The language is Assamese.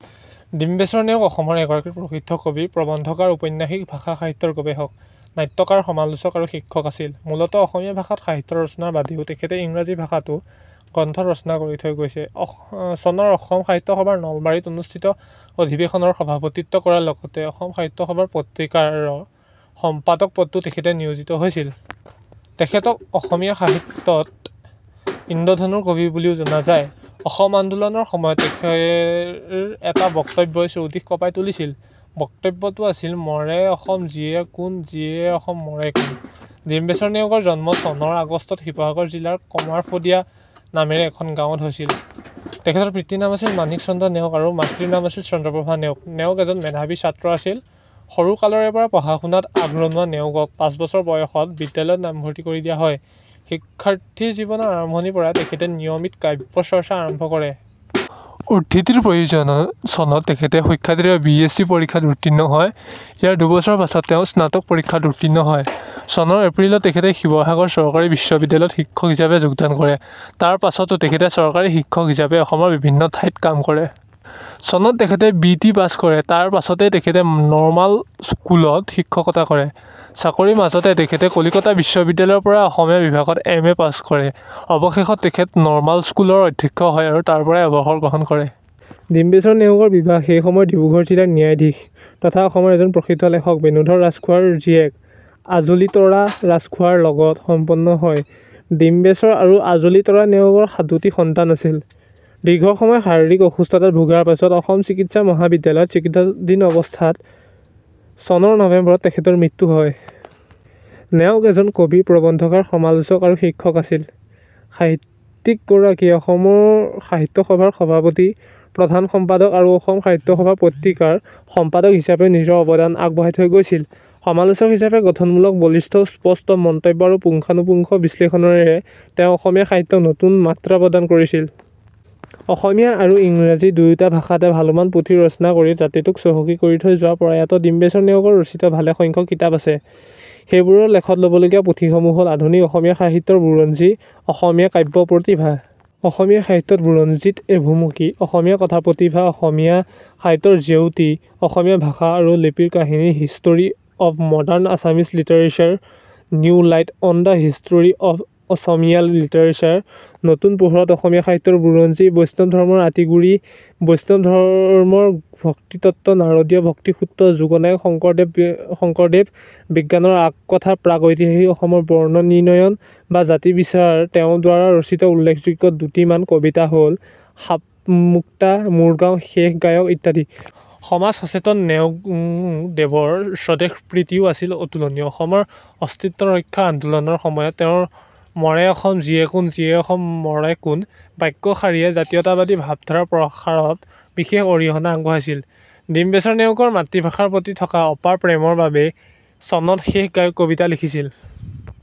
ডিম্বেশ্বৰ নেওগ অসমৰ এগৰাকী প্ৰসিদ্ধ কবি, প্ৰবন্ধকাৰ, ঔপন্যাসিক, ভাষা সাহিত্যৰ গৱেষক, নাট্যকাৰ, সমালোচক আৰু শিক্ষক আছিল। মূলতঃ অসমীয়া ভাষাত সাহিত্য ৰচনা বাদেও তেখেতে ইংৰাজী ভাষা তো গ্ৰন্থ ৰচনা কৰি থৈ গৈছে। চনৰ অসম সাহিত্য সভাৰ নলবাৰীত অনুষ্ঠিত অধিবেশনৰ সভাপতিত্ব কৰাৰ লগতে অসম সাহিত্য সভা পত্ৰিকা ৰ সম্পাদক পদটো তেখেত নিয়োজিত হৈছিল। তেখেতক অসমীয়া সাহিত্য ত ইন্দ্ৰধেনুৰ কবি বুলিও জনা যায়। অসম আন্দোলনৰ সময়ত তেখেৰ এটা বক্তব্যই চৌদিশে কঁপাই তুলিছিল৷ বক্তব্যটো আছিল- 'মৰে অসম জীয়ে কোন, জীয়ে অসম মৰে কোন'৷ ডিম্বেশ্বৰ নেওগৰ জন্ম চনৰ আগষ্টত শিৱসাগৰ জিলা ৰ কমাৰফদীয়া নামেৰে এখন গাঁৱত হৈছিল। তেখেতৰ পিতৃৰ নাম আছিল মাণিক চন্দ্ৰ নেওগ আৰু মাতৃৰ নাম চন্দ্ৰপ্ৰভা নেওগ। নেওগ এজন মেধাৱী ছাত্ৰ আছিল। সৰুকালৰেপৰাই পঢ়া শুনাত আগৰণুৱা নেওগক পাঁচ বছৰ বয়সত বিদ্যালয়ত নামভৰ্তি কৰি দিয়া হয়। শিক্ষাৰ্থী জীৱনৰ আৰম্ভণিৰ পৰাই তেখেতে নিয়মিত কাব্য চৰ্চা আৰম্ভ কৰে। উদ্ধৃতিৰ প্ৰয়োজন চনত তেখেতে সুখ্যাতিৰে বি. এছ. চি পৰীক্ষাত উত্তীৰ্ণ হয়। ইয়াৰ দুবছৰৰ পাছতে তেওঁ স্নাতক পৰীক্ষাত উত্তীৰ্ণ হয়। চনৰ এপ্ৰিলত তেখেতে শিৱসাগৰ চৰকাৰী বিদ্যালয়ত শিক্ষক হিচাপে যোগদান কৰে। তাৰ পাছতো তেখেতে চৰকাৰী শিক্ষক হিচাপে অসমৰ বিভিন্ন ঠাইত কাম কৰে। চনত তেখেতে বি. টি. পাছ কৰে। তাৰ পাছতেই তেখেতে নৰ্মাল স্কুলত শিক্ষকতা কৰে। চাকৰিৰ মাজতেই তেখেতে কলিকতা বিশ্ববিদ্যালয় ৰ পৰা অসমীয়া বিভাগত এম. এ. পাছ কৰে। অৱশেষত তেখেত নৰ্মাল স্কুলৰ অধ্যক্ষ হয় আৰু তাৰপৰাই অৱসৰ গ্ৰহণ কৰে। ডিম্বেশ্বৰ নেওগৰ বিবাহ সেইসময়ৰ ডিব্ৰুগৰ জিলা ন্যায়াধীশ, তথা অসমৰ এজন প্ৰসিদ্ধ লেখক বেণুধৰ ৰাজখোৱা ৰ জীয়েক আজলীতৰা ৰাজখোৱা ৰ লগত সম্পন্ন হয়। ডিম্বেশ্বৰ আৰু আজলীতৰা নেওগৰ সাতোটি সন্তান আছিল। দীৰ্ঘসময় শাৰীৰিক অসুস্থতাত ভোগাৰ পাছত অসম চিকিৎসা মহাবিদ্যালয় ত চিকিৎসাধীন অৱস্থাত চনৰ নৱেম্বৰত তেখেতৰ মৃত্যু হয়। নেওগ এজন কবি, প্ৰবন্ধকাৰ, সমালোচক আৰু শিক্ষক আছিল। সাহিত্যিকগৰাকীয়ে অসম সাহিত্য সভাৰ সভাপতি, প্ৰধান সম্পাদক আৰু অসম সাহিত্য সভা পত্ৰিকা ৰ সম্পাদক হিচাপেও নিজৰ অৱদান আগবঢ়াই থৈ গৈছিল। সমালোচক হিচাপে গঠনমূলক, বলিষ্ঠ, স্পষ্ট মন্তব্য আৰু পুংখানুপুংখ বিশ্লেষণৰে তেওঁ অসমীয়া সাহিত্যক নতুন মাত্ৰা প্ৰদান কৰিছিল। অসমীয়া আৰু ইংৰাজী দুয়োটা ভাষাতে ভালেমান পুথি ৰচনা কৰি জাতিটোক চহকী কৰি যোৱা প্ৰয়াত ডিম্বেশ্বৰ নেওগৰ ৰচিত ভালে সংখ্যক কিতাপ আছে, সেইবোৰৰ লেখত ল'বলগীয়া পুথিসমূহ হ'ল: আধুনিক অসমীয়া সাহিত্যৰ বুৰঞ্জী অসমীয়া কাব্য প্ৰতিভা অসমীয়া সাহিত্যৰ বুৰঞ্জীত এভুমুকি অসমীয়া কথা প্ৰতিভা অসমীয়া সাহিত্যৰ জেউতি অসমীয়া ভাষা আৰু লিপিৰ কাহিনী history of modern Assamese literature new light on the history of Asamiya literature নতুন পোহৰত অসমীয়া সাহিত্যৰ বুৰঞ্জী বৈষ্ণৱ ধৰ্মৰ আঁতিগুৰি বৈষ্ণৱ ধৰ্মৰ ভক্তিতত্ত্ব নাৰদীয় ভক্তিসূত্ৰ যুগনায়ক শংকৰদেৱ বিজ্ঞানৰ আগকথা প্ৰাক-ঐতিহাসিক অসম বৰ্ণ নিৰ্ণয় বা জাতি বিচাৰ তেওঁৰ দ্বাৰা ৰচিত উল্লেখযোগ্য দুটিমান কবিতা হ'ল 'শাপমুক্তা', 'মোৰ গাঁও', 'শেষ গায়ক' ইত্যাদি। সমাজ সচেতন নেওগ দেৱৰ স্বদেশপ্ৰীতিও আছিল অতুলনীয়। অসমৰ অস্তিত্ব ৰক্ষাৰ আন্দোলন ৰ সময়ত তেওঁৰ "মৰে অসম জীয়ে কোন, জীয়ে অসম মৰে কোন? " বাক্যশাৰীয়ে জাতীয়তাবাদী ভাবধাৰা প্ৰসাৰত বিশেষ অৰিহণা আগবঢ়াইছিল। ডিম্বেশ্বৰ নেওগৰ মাতৃভাষাৰ প্ৰতি থকা অপাৰ প্ৰেমৰ বাবেই চনত 'শেষ গায়ক' কবিতাত লিখিছিল:।